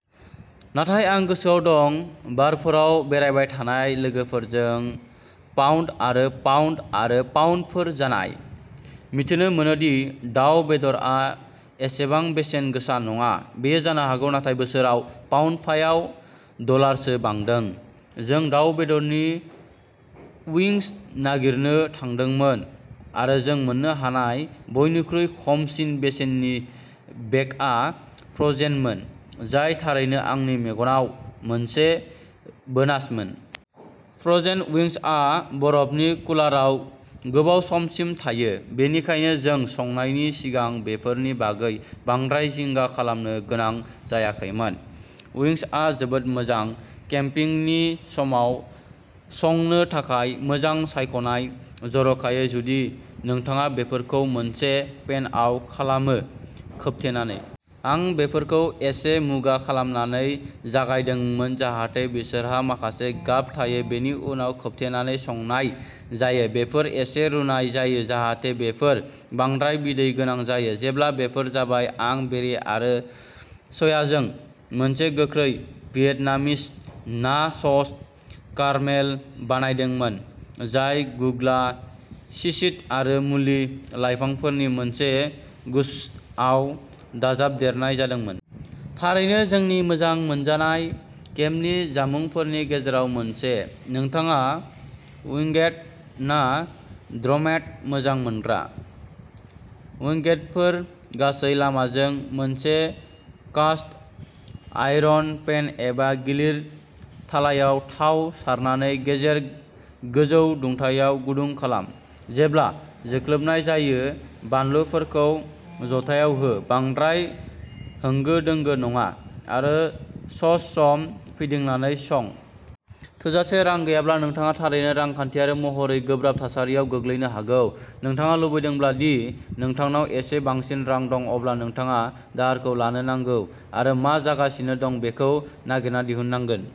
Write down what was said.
नाथाय आं गोसोआव दं, बारफोराव बेरायबाय थानाय लोगोफोरजों पाउण्ड आरो पाउण्ड आरो पाउण्डफोर जानाय। मिथिनो मोनोदि दाव बेदरआ एसेबां बेसेन गोसा नङा। बेयो जानो हागौ थांनाय बोसोराव पाउण्डफायाव डलारसो बांदों। जों दाव बेदरनि उइंस नागिरनो थांदोंमोन आरो जों मोन्नो हानाय बयनिख्रुइ खमसिन बेसेननि बेगआ फ्र'जेनमोन, जाय थारैनो आंनि मेगनाव मोनसे बोनासमोन। फ्र'जेन उइंसआ बरफनि कुलाराव गोबाव समसिम थायो, बेनिखायनो जों संनायनि सिगां बेफोरनि बागै बांद्राय जिंगा खालामनो गोनां जायाखैमोन। उइंसआ जोबोद मोजां। केम्पिंगनि समाव संनो थाखाय मोजां सायख'नाय, जर'खायै जुदि नोंथाङा बेफोरखौ मोनसे पेनआव खालामो, खोबथेनानै। आं बेफोरखौ एसे मुगा खालामनानै जागायदोंमोन जाहाथे बिसोरहा माखासे गाब थायो, बेनि उनाव खोबथेनानै संनाय जायो-बेफोर एसे रुनाय जायो जाहाथे बेफोर बांद्राय बिदै गोनां जायो। जेब्ला बेफोर जाबाय, आं बेरे आरो सयाजों मोनसे गोख्रै भियेटनामीस ना सस कारमेल बानायदोंमोन, जाय गुग्ला सिशित'आरो मुलि-लाइफांफोरनि मोनसे गुच्छआव दाजाबदेरनाय जादोंमोन। थारैनो जोंनि मोजां मोनजानाय केम्पनि जामुंफोरनि गेजेराव मोनसे! -नोंथाङा उइंगेट ना ड्रमेट मोजां मोनग्रा? उइंगेटफोर गासै लामाजों! मोनसे कास्ट-आयरन पेन एबा गिलिर थालायाव थाव सारनानै गेजेर गोजौ दुंथायाव गुदुं खालाम। जेब्ला जोंख्लाबनाय जायो, बानलुफोरखौ ज'थायाव हो, बांद्राय होंगो-दोंगो नङा, आरो सम-सम फिदिंनानै सं। थोजासे रां गैयाब्ला नोंथाङा थारैनो रांखान्थियारि महरै गोब्राब थासारियाव गोग्लैनो हागौ। नोंथाङा लुबैदोंब्ला दि नोंथांनाव एसे बांसिन रां दं, अब्ला नोंथाङा दाहारखौ लानो नांगोन आरो मा जागासिनो दं बेखौ नागिरना दिहुननांगोन।